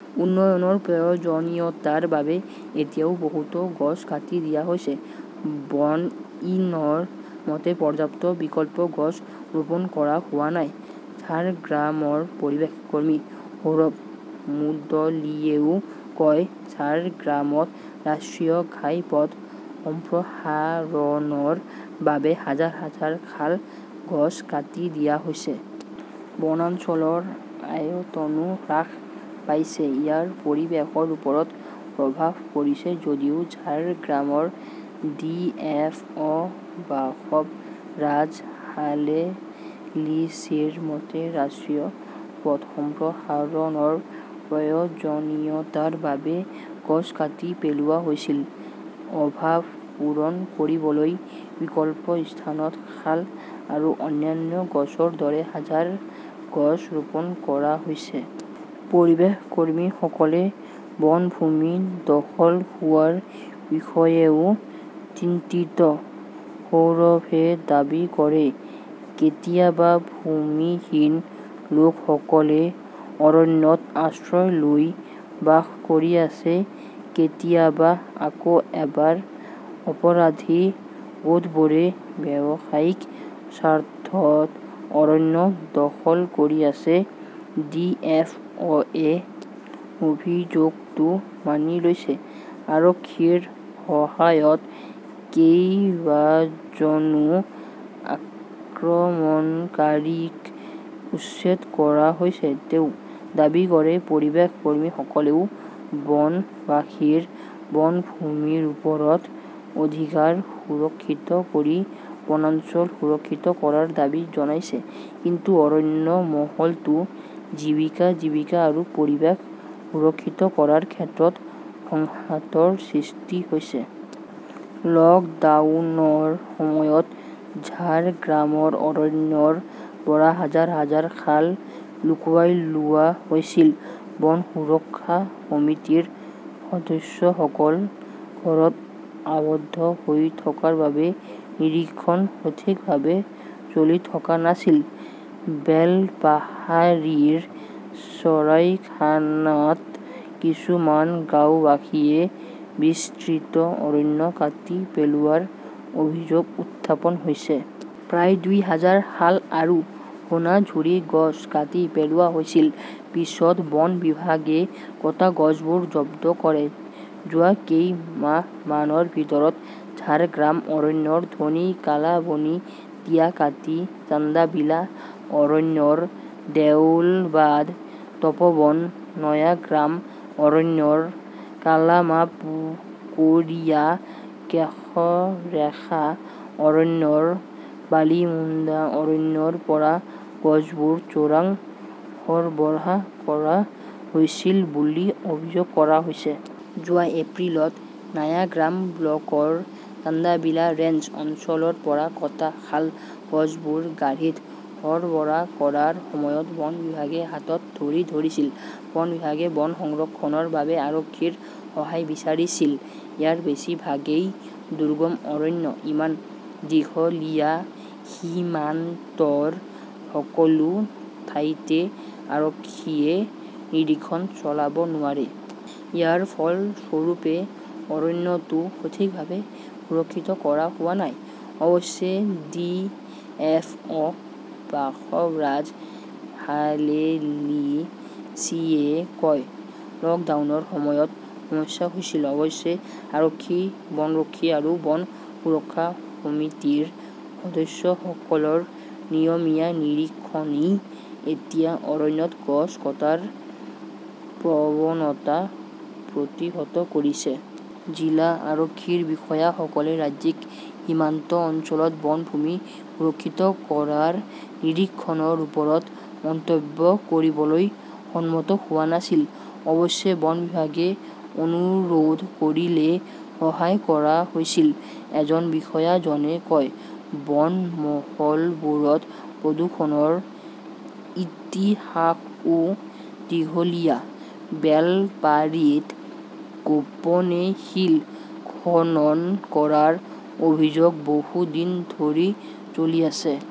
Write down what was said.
উন্নয়নৰ প্ৰয়োজনীয়তাৰ বাবে এতিয়াও বহুতো গছ কাটি দিয়া হৈছে। বনইনৰ মতে পৰ্যাপ্ত বিকল্প গছ ৰোপণ কৰা হোৱা নাই। ঝাৰগ্ৰামৰ পৰিৱেশ কৰ্মী সৌৰভ মুদলিয়েও কয়, ঝাৰগ্ৰামত ৰাষ্ট্ৰীয় ঘাইপথ সম্প্ৰসাৰণৰ বাবে হাজাৰ- হাজাৰ শাল গছ কাটি দিয়া হৈছে। বনাঞ্চলৰ আয়তনও হ্ৰাস পাইছে। ইয়াৰ পৰিৱেশৰ ওপৰত প্ৰভাৱ পৰিছে ,যদিও ঝাৰগ্ৰামৰ ডি .এফ .অ বাসৱৰাজ হালেলিচিৰ মতে, ৰাষ্ট্ৰীয় পথ সম্প্ৰসাৰণৰ প্ৰয়োজনীয়তাৰ বাবে গছ কাটি পেলোৱা হৈছিল। অভাৱ পূৰণ কৰিবলৈ বিকল্প স্থানত শাল আৰু অন্যান্য গছৰ দৰে হাজাৰ গছ ৰোপণ কৰা হৈছে। পৰিৱেশ কৰ্মীসকলে বনভূমি দখল হোৱাৰ বিষয়েও চিন্তিত। সৌৰভে দাবী কৰে, কেতিয়াবা ভূমিহীন লোকসকলে অৰণ্যত আশ্ৰয় লৈ বাস কৰি আছে। কেতিয়াবা আকৌ এবাৰ অপৰাধী গোটবোৰে ব্যৱসায়িক স্বাৰ্থত অৰণ্য দখল কৰি আছে। ডি .এফ .অ.য়ে অভিযোগটো মানি লৈছে। আৰক্ষীৰ সহায়ত কেইবাজনো আক্ৰমণকাৰীক উচ্ছেদ কৰা হৈছে, তেওঁ দাবী কৰে। পৰিৱেশ কৰ্মীসকলেও বনবাসীৰ বনভূমিৰ ওপৰত অধিকাৰ সুৰক্ষিত কৰি বনাঞ্চল সুৰক্ষিত কৰাৰ দাবী জনাইছে। কিন্তু অৰণ্য মহলতো জীৱিকা-জীৱিকা আৰু পৰিৱেশ সুৰক্ষিত কৰাৰ ক্ষেত্ৰত সংঘাতৰ সৃষ্টি হৈছে। লকডাউনৰ সময়ত ঝাৰগ্ৰামৰ অৰণ্যৰ পৰা হাজাৰ- হাজাৰ শাল লুকুৱাই লোৱা হৈছিল। বন সুৰক্ষা সমিতিৰ সদস্যসকল ঘৰত আবদ্ধ হৈ থকাৰ বাবে নিৰীক্ষণ সঠিকভাৱে চলি থকা নাছিল। বেলপাহাড়ীৰ চৰাইখানাত কিছুমান গাওঁবাসীয়ে বিস্তৃত অৰণ্য কাটি পেলোৱাৰ অভিযোগ উত্থাপন হৈছে। প্ৰায় দুই হাজাৰ শাল আৰু সোনাঝুৰী গছ কাটি পেলোৱা হৈছিল, পিছত বন বিভাগে কটা গছবোৰ জব্দ কৰে। যোৱা কেইমাহমানৰ ভিতৰত ঝাৰগ্ৰাম অৰণ্যৰ ধৱনী, কালাবনী, টিয়াকাটী, চান্দাবিলা অৰণ্যৰ দেউলবাদ, তপোবন, নয়াগ্ৰাম অৰণ্যৰ কালামাপুকৌৰিয়া, কেশৰেখা অৰণ্যৰ বালিমুণ্ডা অৰণ্যৰ পৰা গছবোৰ চোৰাং সৰবৰাহ কৰা হৈছিল বুলি অভিযোগ কৰা হৈছে। যোৱা এপ্ৰিলত নায়াগ্ৰাম ব্লকৰ চান্দাবিলা ৰেঞ্জ অঞ্চলৰ পৰা কটা শাল গছবোৰ গাড়ীত সৰবৰাহ কৰাৰ সময়ত বন বিভাগে হাতত ধৰি -ধৰিছিল। বন বিভাগে বন সংৰক্ষণৰ বাবে আৰক্ষীৰ সহায় বিচাৰিছিল। ইয়াৰ বেছিভাগেই দুৰ্গম অৰণ্য। ইমান দীঘলীয়া সীমান্তৰ সকলো ঠাইতে আৰক্ষীয়ে নিৰীক্ষণ চলাব নোৱাৰে। ইয়াৰ ফলস্বৰূপে, অৰণ্যটো সঠিকভাৱে সুৰক্ষিত কৰা হোৱা নাই। অৱশ্যে ডি এফ অ বাসৱৰাজ হালেলিচীয়ে কয়, লকডাউনৰ সময়ত সমস্যা হৈছিল। অৱশ্যে, আৰক্ষী, বনৰক্ষী আৰু বন সুৰক্ষা সমিতিৰ সদস্যসকলৰ নিয়মীয়া নিৰীক্ষণই এতিয়া অৰণ্যত গছ কটাৰ প্ৰৱণতা প্ৰতিহত কৰিছে। জিলা আৰক্ষীৰ বিষয়াসকলে ৰাজ্যিক সীমান্ত অঞ্চলত বনভূমি সুৰক্ষিত কৰাৰ নিৰীক্ষণৰ ওপৰত মন্তব্য কৰিবলৈ সন্মত হোৱা নাছিল। অৱশ্যে, বন বিভাগে অনুৰোধ কৰিলে সহায় কৰা হৈছিল, এজন বিষয়াজনে কয়, বন মহলবোৰত প্ৰদূষণৰ ইতিহাসও দীঘলীয়া। বেলপাৰীত গোপনে শিল খনন কৰাৰ অভিযোগ বহু দিন ধৰি চলি আছে।